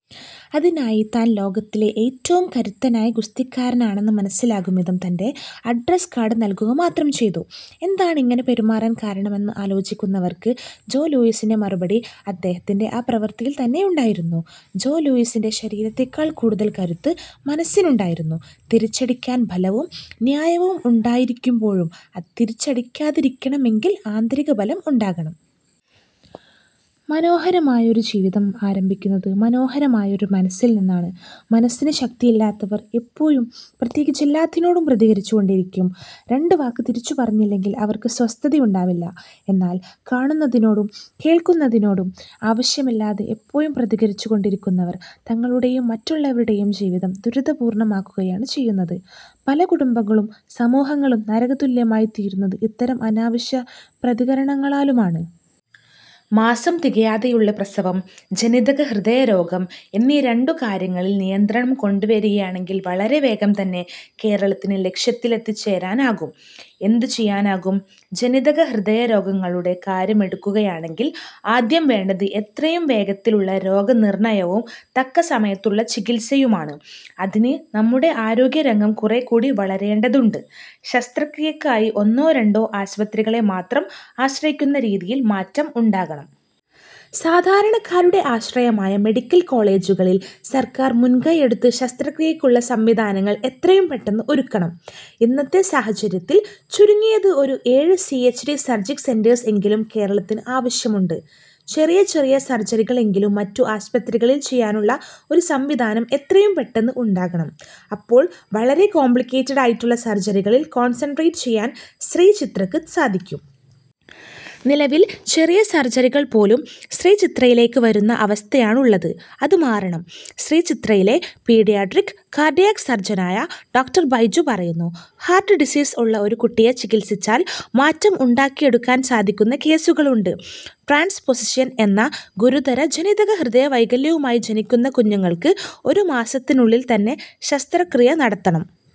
അതിനായി താന് ലോകത്തിലെ ഏറ്റവും കരുത്തനായ ഗുസ്തിക്കാരനാണെന്ന് മനസിലാകുംവിധം തന്റെ അഡ്രസ് കാര്ഡ് നല്കുകമാത്രം ചെയ്തു. എന്താണിങ്ങനെ പെരുമാറാന് കാരണമെന്ന് ആലോചിക്കുന്നവര്ക്ക് ജോ ലൂയിസിന്റെ മറുപടി അദ്ദേഹത്തിന്റെ ആ പ്രവര്ത്തിയില് ത്തന്നെയുണ്ടായിരുന്നു. ജോ ലൂയിസിന്റെ ശരീരത്തെക്കാള് കൂടുതല് കരുത്ത് മനസ്സിനുണ്ടായിരുന്നു. തിരിച്ചടിക്കാന് ബലവും ന്യായവും ഉണ്ടായിരിക്കുമ്പോഴും തിരിച്ചടിക്കാതിരിക്കണമെങ്കില് ആന്തരികബലം ഉണ്ടാകണം. മനോഹരമായ ഒരു ജീവിതം ആരംഭിക്കുന്നത് മനോഹരമായ ഒരു മനസ്സില്നിന്നാണ്. മനസ്സിന് ശക്തിയില്ലാത്തവര് എപ്പോഴും, പ്രത്യേകിച്ച് എല്ലാത്തിനോടും പ്രതികരിച്ചുകൊണ്ടിരിക്കും. രണ്ട് വാക്ക് തിരിച്ചു പറഞ്ഞില്ലെങ്കില് അവര്ക്ക് സ്വസ്ഥതയുണ്ടാവില്ല. എന്നാല് കാണുന്നതിനോടും കേള്ക്കുന്നതിനോടും ആവശ്യമില്ലാതെ എപ്പോഴും പ്രതികരിച്ചുകൊണ്ടിരിക്കുന്നവര് തങ്ങളുടെയും മറ്റുള്ളവരുടെയും ജീവിതം ദുരിതപൂര്ണമാക്കുകയാണ് ചെയ്യുന്നത്. പല കുടുംബങ്ങളും സമൂഹങ്ങളും നരകതുല്യമായിത്തീരുന്നത് ഇത്തരം അനാവശ്യ പ്രതികരണങ്ങളാലുമാണ്. മാസം തികയാതെയുള്ള പ്രസവം, ജനിതക ഹൃദയരോഗം എന്നീ രണ്ടുകാര്യങ്ങളില് നിയന്ത്രണം കൊണ്ടുവരികയാണെങ്കില് വളരെ വേഗം തന്നെ കേരളത്തിന് ലക്ഷ്യത്തിലെത്തിച്ചേരാനാകും. എന്ത് ചെയ്യാനാകും. ജനിതകഹൃദയ രോഗങ്ങളുടെ കാര്യമെടുക്കുകയാണെങ്കില് ആദ്യം വേണ്ടത് എത്രയും വേഗത്തിലുള്ള രോഗനിര്ണയവും തക്കസമയത്തുള്ള ചികിത്സയുമാണ്. അതിന് നമ്മുടെ ആരോഗ്യരംഗം കുറേക്കൂടി വളരേണ്ടതുണ്ട്. ശസ്ത്രക്രിയക്കായി ഒന്നോ രണ്ടോ ആസ്പത്രികളെ മാത്രം ആശ്രയിക്കുന്ന രീതിയില് മാറ്റം ഉണ്ടാകണം. സാധാരണക്കാരുടെ ആശ്രയമായ മെഡിക്കല് കോളേജുകളില് സര്ക്കാര് മുന്കൈയെടുത്ത് ശസ്ത്രക്രിയക്കുള്ള സംവിധാനങ്ങള് എത്രയും പെട്ടന്ന് ഒരുക്കണം. ഇന്നത്തെ സാഹചര്യത്തില് ചുരുങ്ങിയത് ഒരു ഏഴ് സിഎച്ച്ഡി സര്ജിക് സെന്റേഴ്സ് എങ്കിലും കേരളത്തിന് ആവശ്യമുണ്ട്. ' ചെറിയ ചെറിയ സര്ജറികള് എങ്കിലും മറ്റു ആസ്പത്രികളില് ചെയ്യാനുള്ള ഒരു സംവിധാനം എത്രയും പെട്ടന്ന് ഉണ്ടാകണം, അപ്പോള് വളരെ കോംപ്ലിക്കേറ്റഡ് ആയിട്ടുള്ള സര്ജറികളില് കോണ്സന്ട്രേറ്റ് ചെയ്യാന് ശ്രീചിത്രക്ക് സാധിക്കും. നിലവില് ചെറിയ സര്ജറികള് പോലും ശ്രീചിത്രയിലേക്ക് വരുന്ന അവസ്ഥയാണുള്ളത്. അത് മാറണം. ' ശ്രീചിത്രയിലെ പീഡിയാട്രിക് കാര്ഡിയാക് സര്ജനായ ഡോ. ബൈജു പറയുന്നു. ' ഹാര്ട്ട് ഡിസീസ് ഉള്ള ഒരു കുട്ടിയെ ചികിത്സിച്ചാല് മാറ്റം ഉണ്ടാക്കിയെടുക്കാന് സാധിക്കുന്ന കേസുകളുണ്ട്. ട്രാന്സ്പൊസിഷന് എന്ന ഗുരുതര ജനിതക ഹൃദയ വൈകല്യവുമായി ജനിക്കുന്ന കുഞ്ഞുങ്ങള്ക്ക് ഒരുമാസത്തിനുള്ളില് തന്നെ ശസ്ത്രക്രിയ നടത്തണം.